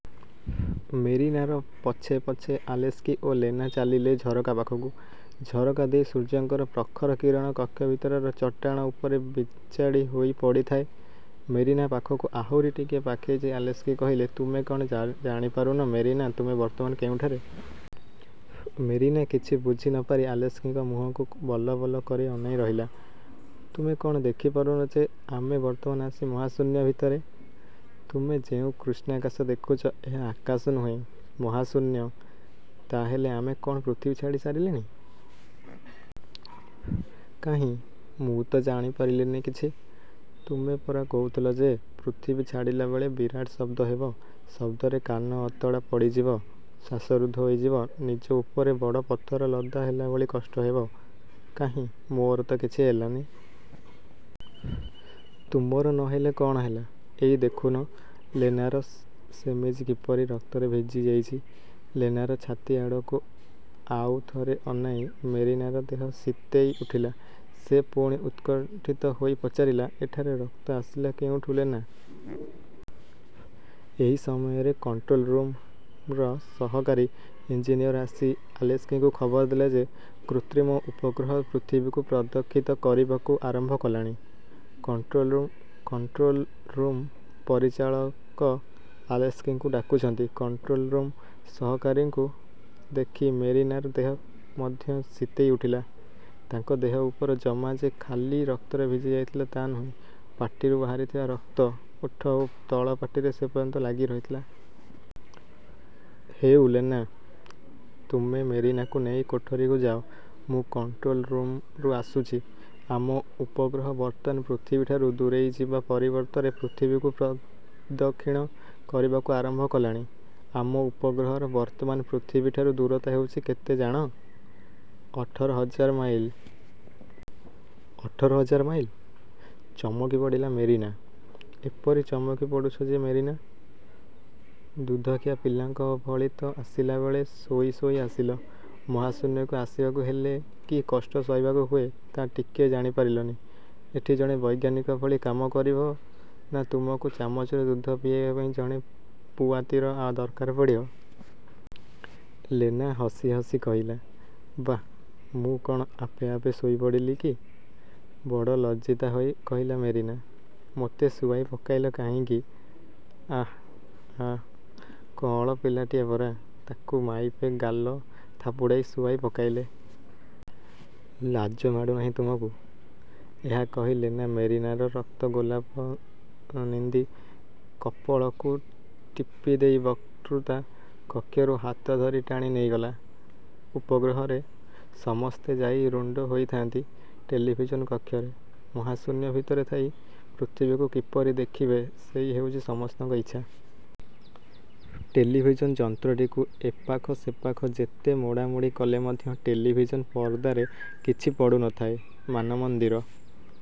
'' ମେରିନାର ପଛେ ପଛେ ଆଲେସ୍କି ଓ ଲେନା ଚାଲିଲେ ଝରକା ପାଖକୁ। ଝରକା ଦେଇ ସୂର୍ଯ୍ୟଙ୍କର ପ୍ରଖର କିରଣ କକ୍ଷ ଭିତରର ଚଟାଣ ଉପରେ ବିଞ୍ଛାଡ଼ି ହୋଇ ପଡ଼ିଥାଏ। ମେରିନା ପାଖକୁ ଆହୁରି ଟିକିଏ ପାଖେଇ ଯାଇ ଆଲେସ୍କି କହିଲେ, ''ତୁମେ କ'ଣ ଜା ଜାଣିପାରୁନ ମେରିନା ତୁମେ ବର୍ତ୍ତମାନ କେଉଁଠାରେ? '' ମେରିନା କିଛି ବୁଝି ନ ପାରି ଆଲେସ୍କିଙ୍କ ମୁହଁକୁ ବଲବଲ କରି ଅନାଇ ରହିଲା। ''ତୁମେ କ'ଣ ଦେଖିପାରୁନ ଯେ ଆମେ ବର୍ତ୍ତମାନ ଆସି ମହାଶୂନ୍ୟ ଭିତରେ। ତୁମେ ଯେଉଁ କୃଷ୍ଣାକାଶ ଦେଖୁଛ, ଏହା ଆକାଶ ନୁହେଁ, ମହାଶୂନ୍ୟ। '' ''ତା' ହେଲେ ଆମେ କ'ଣ ପୃଥିବୀ ଛାଡ଼ି ସାରିଲେଣି? କାହିଁ, ମୁଁ ତ ଜାଣିପାରିଲିନି କିଛି! ତୁମେ ପରା କହୁଥିଲ ଯେ, ପୃଥିବୀ ଛାଡ଼ିଲାବେଳେ ବିରାଟ ଶବ୍ଦ ହେବ, ଶବ୍ଦରେ କାନ ଅତଡ଼ା ପଡ଼ିଯିବ, ଶ୍ୱାସରୁଦ୍ଧ ହୋଇଯିବ, ନିଜ ଉପରେ ବଡ଼ ପଥର ଲଦା ହେଲାଭଳି କଷ୍ଟ ହେବ। କାହିଁ, ମୋର ତ କିଛି ହେଲାନି? '' ''ତୁମର ନ ହେଲେ କ'ଣ ହେଲା, ଏଇ ଦେଖୁନ ଲେନାର ସେ ସେମିଜ କିପରି ରକ୍ତରେ ଭିଜିଯାଇଛି। '' ଲେନାର ଛାତି ଆଡ଼କୁ ଆଉ ଥରେ ଅନାଇ ମେରିନାର ଦେହ ଶୀତେଇ ଉଠିଲା। ସେ ପୁଣି ଉତ୍କଣ୍ଠିତ ହୋଇ ପଚାରିଲା, ''ଏଠାରେ ରକ୍ତ ଆସିଲା କେଉଁଠୁ ଲେନା? '' ଏହି ସମୟରେ କଣ୍ଟ୍ରୋଲ ରୁମ୍ର ସହକାରୀ ଇଞ୍ଜିନିୟର ଆସି ଆଲେସ୍କିଙ୍କୁ ଖବର ଦେଲେ ଯେ କୃତ୍ରିମ ଉପଗ୍ରହ ପୃଥିବୀକୁ ପ୍ରଦକ୍ଷିଣ କରିବାକୁ ଆରମ୍ଭ କଲାଣି। କଣ୍ଟ୍ରୋଲ୍ରୁମ୍ର ପରିଚାଳକ ଆଲେସ୍କିଙ୍କୁ ଡାକୁଛନ୍ତି। କଣ୍ଟ୍ରୋଲ୍ରୁମ୍ର ସହକାରୀଙ୍କୁ ଦେଖି ମେରିନାର ଦେହ ମଧ୍ୟ ଶୀତେଇ ଉଠିଲା। ତାଙ୍କ ଦେହ ଉପର ଜମା ଯେ ଖାଲି ରକ୍ତରେ ଭିଜି ଯାଇଥିଲା ତା ନୁହେଁ, ପାଟିରୁ ବାହାରିଥିବା ରକ୍ତ, ଓଠ ଓ ତଳପାଟିରେ ସେପର୍ଯ୍ୟନ୍ତ ଲାଗିରହିଥିଲା। ''ହେଉ ଲେନା, ତୁମେ ମେରିନାକୁ ନେଇ କୋଠରିକୁ ଯାଅ, ମୁଁ କଣ୍ଟ୍ରୋଲ୍ ରୁମ୍ରୁ ଆସୁଛି। ଆମ ଉପଗ୍ରହ ବର୍ତ୍ତମାନ ପୃଥିବୀଠାରୁ ଦୂରେଇଯିବା ପରିବର୍ତ୍ତରେ ପୃଥିବୀକୁ ପ୍ରଦକ୍ଷିଣ କରିବାକୁ ଆରମ୍ଭ କଲାଣି। ଆମ ଉପଗ୍ରହର ବର୍ତ୍ତମାନ ପୃଥିବୀଠାରୁ ଦୂରତା ହେଉଛି କେତେ ଜାଣ-? ଅଠର ହଜାର ମାଇଲ? '' ''ଅଠର ହଜାର ମାଇଲ! '' ଚମକିପଡ଼ିଲା ମେରିନା। ''ଏପରି ଚମକିପଡ଼ୁଛ ଯେ ମେରିନା? ଦୁଧଖିଆ ପିଲାଙ୍କ ଭଳି ତ ଆସିଲାବେଳେ ଶୋଇ ଶୋଇ ଆସିଲ। ମହାଶୂନ୍ୟକୁ ଆସିବାକୁ ହେଲେ କି କଷ୍ଟ ସହିବାକୁ ହୁଏ ତା' ଟିକିଏ ଜାଣିପାରିଲନି। ଏଠି ଜଣେ ବୈଜ୍ଞାନିକ ଭଳି କାମ କରିବ ନା ତୁମକୁ ଚାମଚରେ ଦୁଧ ପିଆଇବା ପାଇଁ ଜଣେ ପୁଆତୀର ଦରକାର ପଡ଼ିବ? '' ଲେନା ହସି ହସି କହିଲା। ''ବାଃ ମୁଁ କ'ଣ ଆପେ ଆପେ ଶୋଇପଡ଼ିଲି କି? '' ବଡ଼ ଲଜ୍ଜିତା ହୋଇ କହିଲା ମେରିନା, 'ମୋତେ ଶୁଆଇ ପକାଇଲ କାହିଁକି? '' ''ଆଃ, ଆଃ, କଅଁଳ ପିଲାଟିଏ ପରା। ତା'କୁ ମାଇପେ ଗାଲ ଥାପୁଡ଼ାଇ ଶୁଆଇ ପକାଇଲେ। ଲାଜ ମାଡ଼ୁନାହିଁ ତୁମକୁ। '' ଏହା କହି ଲେନା ମେରିନାର ରକ୍ତଗୋଲାପନିନ୍ଦୀ କପୋଳକୁ ଟିପିଦେଇ ବକ୍ତୃତା କକ୍ଷରୁ ହାତଧରି ଟାଣି ନେଇଗଲା। ଉପଗ୍ରହର ସମସ୍ତେ ଯାଇ ରୁଣ୍ଡ ହୋଇଥାଆନ୍ତି ଟେଲିଭିଜନ୍ କକ୍ଷରେ। ମହାଶୂନ୍ୟ ଭିତରେ ଥାଇ ପୃଥିବୀକୁ କିପରି ଦେଖିବେ ସେଇ ହେଉଛି ସମସ୍ତଙ୍କ ଇଚ୍ଛା। ଟେଲିଭିଜନ୍ ଯନ୍ତ୍ରଟିକୁ ଏପାଖ ସେପାଖ ଯେତେ ମୋଡ଼ାମୋଡ଼ି କଲେ ମଧ୍ୟ ଟେଲିଭିଜନ୍ ପର୍ଦ୍ଦାରେ କିଛି ପଡ଼ୁ ନଥାଏ। ମାନମନ୍ଦିର